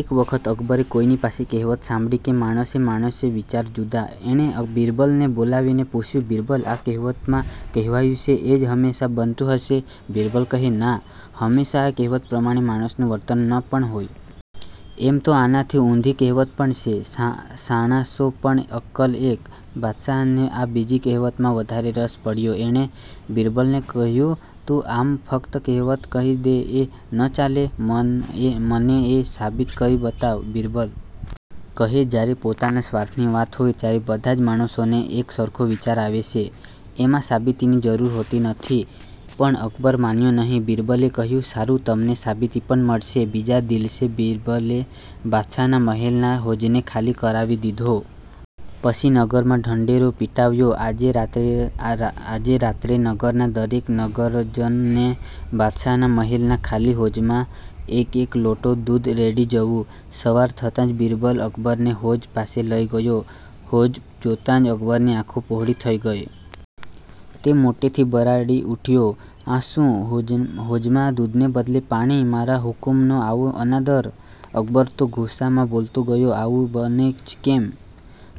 એક વખત અકબરે કોઈની પાસે કહેવત સાંભળી કે માણસે માણસે વિચાર જુદા. એણે બીરબલને બોલાવીને પૂછયું, બીરબલ, આ કહેવતમાં કહેવાયું છે એવું જ હમેશાં બનતું હશે? બીરબલ કહે, ના હમેશાં આ કહેવત પ્રમાણે માણસનું વર્તન ન પણ હોય. એમ તો આનાથી ઊંધી કહેવત પણ છે – શાણા સો પણ અક્કલ એક. બાદશાહને આ બીજી કહેવતમાં વધારે રસ પડયો. એણે બીરબલને કહ્યું, તું આમ ફકત કહેવત કહી દે એ ન ચાલે. મને એ સાબિત કરી બતાવ. બીરબલ કહે, જ્યારે પોતાના સ્વાર્થની વાત હોય ત્યારે બધાજ માણસોને એક સરખો વિચાર આવે છે. એમાં સાબિતીની જરૂર હોતી નથી. પણ અકબર માન્યો નહીં. બીરબલે કહ્યું, સારું, તમને સાબિતી પણ મળશે. બીજા દિલસે બીરબલે બાદશાહના મહેલના હોજને ખાલી કરાવી દીધો. પછી નગરમાં ઢંઢેરો પિટાવ્યો, આજે રાત્રે નગરના દરેક નગરજને બાદશાહના મહેલના ખાલી હોજમાં એક-એક લોટો દૂધ રેડી જવું. સવાર થતાં જ બીરબલ અકબરને હોજ પાસે લઈ ગયો. હોજ જોતાં જ અકબરની આંખો પહોળી થઈ ગઈ. તે મોટેથી બરાડી ઊઠ્યો, આ શું, હોજમાં દૂધને બદલે પાણી! મારા હુકમનો આવો અનાદર! અકબર તો ગુસ્સામાં બોલતો ગયો આવું બને જ કેમ?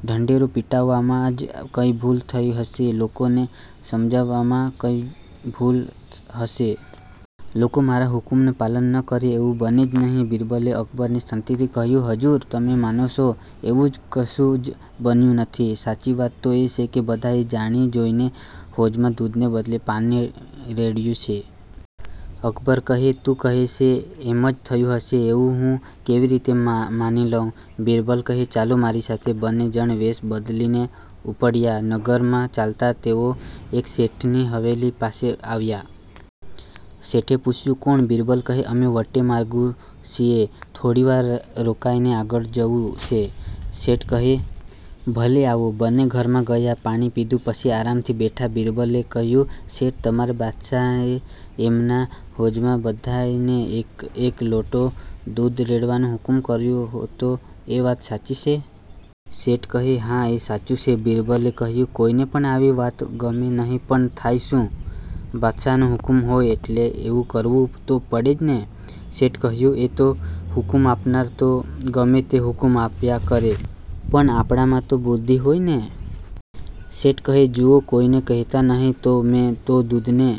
ઢંઢેરો પિટવવામાં જ કંઈ ભૂલ થઈ હશે! લોકોને સમજવામાં કંઈ ભૂલ થઈ હશે! લોકો મારા હુકમનું પાલન ન કરે એવું બને જ નહિ? બીરબલે અકબરને શાંતિથી કહ્યું, હજૂર, તમે માનો છો એવું કશું જ બન્યું નથી. સાચી વાત તો એ છે કે બધાએ જાણી જોઈને હોજમાં દૂધને બદલે પાણી રેડ્યું છે. અકબર કહે, તું કહે છે એમ જ થયું હશે એવું હું કેવી રીતે માની લઉં? બીરબલ કહે, ચાલો મારી સાથે. બંને જણ વેશ બદલીને ઊપડ્યા. નગરમાં ચાલતાં તેઓ એક શેઠની હવેલી પાસે આવ્યા. શેઠે પૂછયું, કોણ? બીરબલ કહે, અમે વટેમાર્ગુ છીએ. થોડીવાર રોકાઈને આગળ જવું છે. શેઠ કહે, ભલે, આવો. બંને ઘરમાં ગયા. પાણી પીધું. પછી આરામથી બેઠા. બીરબલે કહ્યું, શેઠ! તમારા બાદશાહે એમના હોજમાં બધાયને એક –એક લોટો દૂધ રેડવાનો હુકમ કર્યો હતો એ વાત સાચી છે? શેઠ કહે, હા, એ સાચું છે. બીરબલે કહ્યું, કોઈને પણ આવી વાત ગમે નહીં પણ થાય શું? બાદશાહનો હુકમ હોય એટલે એવું કરવું તો પડે જ ને? શેઠે કહ્યું, એ તો હુકમ આપનારા તો ગમે તે હુકમ આપ્યા કરે પણ આપણામાં તો બુદ્ધિ હોય ને? શેઠ કહે, જુઓ! કોઈને કહેતા નહીં, હોં. મેં તો દૂધને